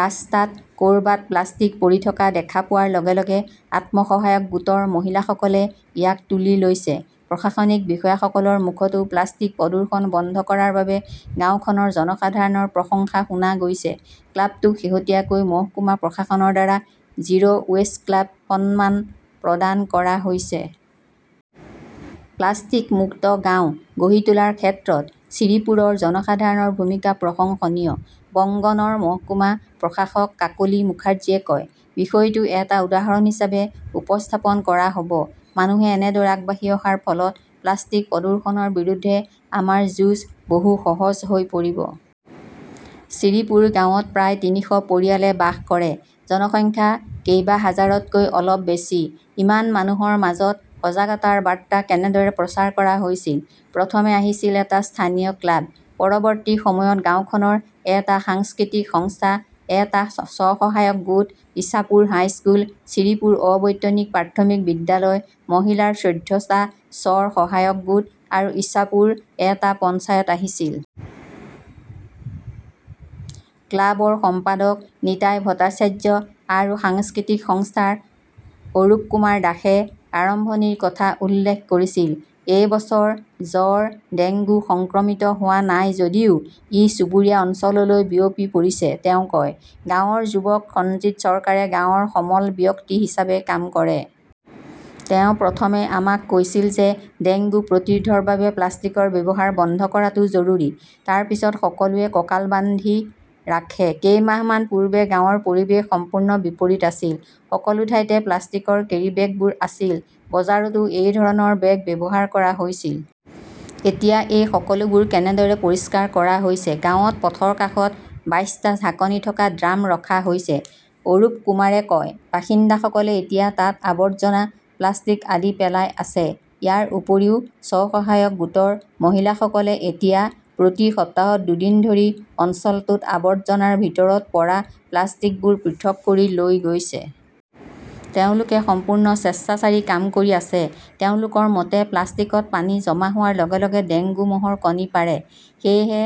ৰাস্তাত ক'ৰবাত প্লাষ্টিক পৰি থকা দেখা পোৱাৰ লগে লগে আত্মসহায়ক গোটৰ মহিলাসকলে ইয়াক তুলি লৈছে। প্ৰশাসনিক বিষয়াসকলৰ মুখতো প্লাষ্টিক প্ৰদূষণ বন্ধ কৰাৰ বাবে গাওঁখনৰ জনসাধাৰণৰ প্ৰশংসা শুনা গৈছে। ক্লাবটোক শেহতীয়াকৈ মহকুমা প্ৰশাসনৰ দ্বাৰা 'জিৰো ৱেষ্ট ক্লাব' সন্মান প্ৰদান কৰা হৈছে। 'প্লাষ্টিক-মুক্ত গাঁও' গঢ়ি তোলাৰ ক্ষেত্ৰত শ্ৰীপুৰৰ জনসাধাৰণৰ ভূমিকা প্ৰশংসনীয়, বংগনৰ মহকুমা প্ৰশাসক কাকলী মুখাৰ্জীয়ে কয়। বিষয়টো এটা উদাহৰণ হিচাপে উপস্থাপন কৰা হ'ব। মানুহে এনেদৰে আগবাঢ়ি অহাৰ ফলত প্লাষ্টিক প্ৰদূষণৰ বিৰুদ্ধে আমাৰ যুঁজ বহু সহজ হৈ পৰিব। শ্ৰীপুৰ গাঁৱত প্ৰায় তিনিশ পৰিয়ালে বাস কৰে। জনসংখ্যা কেইবাহাজাৰতকৈ অলপ বেছি। ইমান মানুহৰ মাজত সজাগতাৰ বাৰ্তা কেনেদৰে প্ৰচাৰ কৰা হৈছিল? প্ৰথমে আহিছিল এটা স্থানীয় ক্লাব, পৰৱৰ্তী সময়ত গাওঁখনৰ এটা সাংস্কৃতিক সংস্থা, এটা স্ব-সহায়ক গোট, ইছাপুৰ হাইস্কুল, শ্ৰীপুৰ অবৈতনিক প্ৰাথমিক বিদ্যালয়, মহিলাৰ চৈধ্য টা স্ব-সহায়ক গোট আৰু ইছাপুৰ এটা পঞ্চায়ত আহিছিল। ক্লাবৰ সম্পাদক নিতাই ভট্টাচাৰ্য আৰু সাংস্কৃতিক সংস্থাৰ অৰূপকুমাৰ দাসে আৰম্ভণিৰ কথা উল্লেখ কৰিছিল। এই বছৰ জ্বৰ-ডেংগু সংক্ৰমিত হোৱা নাই যদিও ই চুবুৰীয়া অঞ্চললৈ বিয়পি পৰিছে, তেওঁ কয়। গাঁৱৰ যুৱক সঞ্জিত চৰকাৰে গাঁৱৰ সমল ব্যক্তি হিচাপে কাম কৰে। তেওঁ প্ৰথমে আমাক কৈছিল যে ডেংগু প্ৰতিৰোধৰ বাবে প্লাষ্টিকৰ ব্যৱহাৰ বন্ধ কৰাটো জৰুৰী। তাৰ পিছত সকলোৱে কঁকাল বান্ধি ৰাখে। কেইমাহমান পূৰ্বে গাঁৱৰ পৰিৱেশ সম্পূৰ্ণ বিপৰীত আছিল। সকলো ঠাইতে প্লাষ্টিকৰ কেৰীবেগবোৰ আছিল। বজাৰতো এই ধৰণৰ বেগ ব্যৱহাৰ কৰা হৈছিল। এতিয়া এই সকলোবোৰ কেনেদৰে পৰিষ্কাৰ কৰা হৈছে? গাঁৱত পথৰ কাষত বাইশ টা ঢাকনি থকা ড্ৰাম ৰখা হৈছে, অৰূপকুমাৰে কয়। বাসিন্দাসকলে এতিয়া তাত আৱৰ্জনা, প্লাষ্টিক আদি পেলাই আছে। ইয়াৰ উপৰিও, স্ব-সহায়ক গোটৰ মহিলাসকলে এতিয়া প্ৰতি সপ্তাহত দুদিন ধৰি অঞ্চলটোত আৱৰ্জনাৰ ভিতৰত পৰা প্লাষ্টিকবোৰ পৃথক কৰি লৈ গৈছে। তেওঁলোকে সম্পূৰ্ণ স্বেচ্ছাচাৰী কাম কৰি আছে। তেওঁলোকৰ মতে, প্লাষ্টিকত পানী জমা হোৱাৰ লগে লগে ডেংগু মহৰ কণী পাৰে। সেয়েহে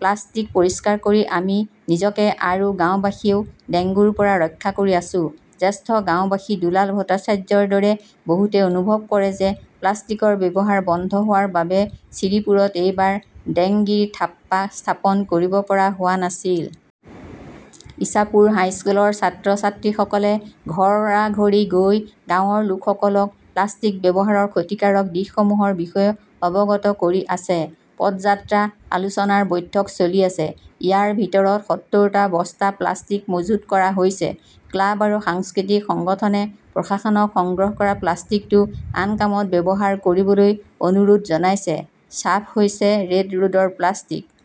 প্লাষ্টিক পৰিষ্কাৰ কৰি আমি নিজকে আৰু গাওঁবাসীয়েও ডেংগুৰ পৰা ৰক্ষা কৰি আছো। জ্যেষ্ঠ গাওঁবাসী দুলাল ভট্টাচাৰ্যৰ দৰে বহুতে অনুভৱ কৰে যে প্লাষ্টিকৰ ব্যৱহাৰ বন্ধ হোৱাৰ বাবে শ্ৰীপুৰত এইবাৰ ডেঙ্গিৰ থাপ্পা স্থাপন কৰিব পৰা হোৱা নাছিল। ইছাপুৰ হাইস্কুলৰ ছাত্ৰ-ছাত্ৰীসকলে ঘৰ-ঘৰি গৈ গাঁৱৰ লোকসকলক প্লাষ্টিক ব্যৱহাৰৰ ক্ষতিকাৰক দিশসমূহৰ বিষয়ে অৱগত কৰি আছে। পদযাত্ৰা, আলোচনাৰ বৈঠক চলি আছে। ইয়াৰ ভিতৰত সত্তৰ টা বস্তা প্লাষ্টিক মজুত কৰা হৈছে। ক্লাব আৰু সাংস্কৃতিক সংগঠনে প্ৰশাসনক সংগ্ৰহ কৰা প্লাষ্টিকটো আন কামত ব্যৱহাৰ কৰিবলৈ অনুৰোধ জনাইছে। ছাফ হৈছে ৰেড ৰোডৰ প্লাষ্টিক।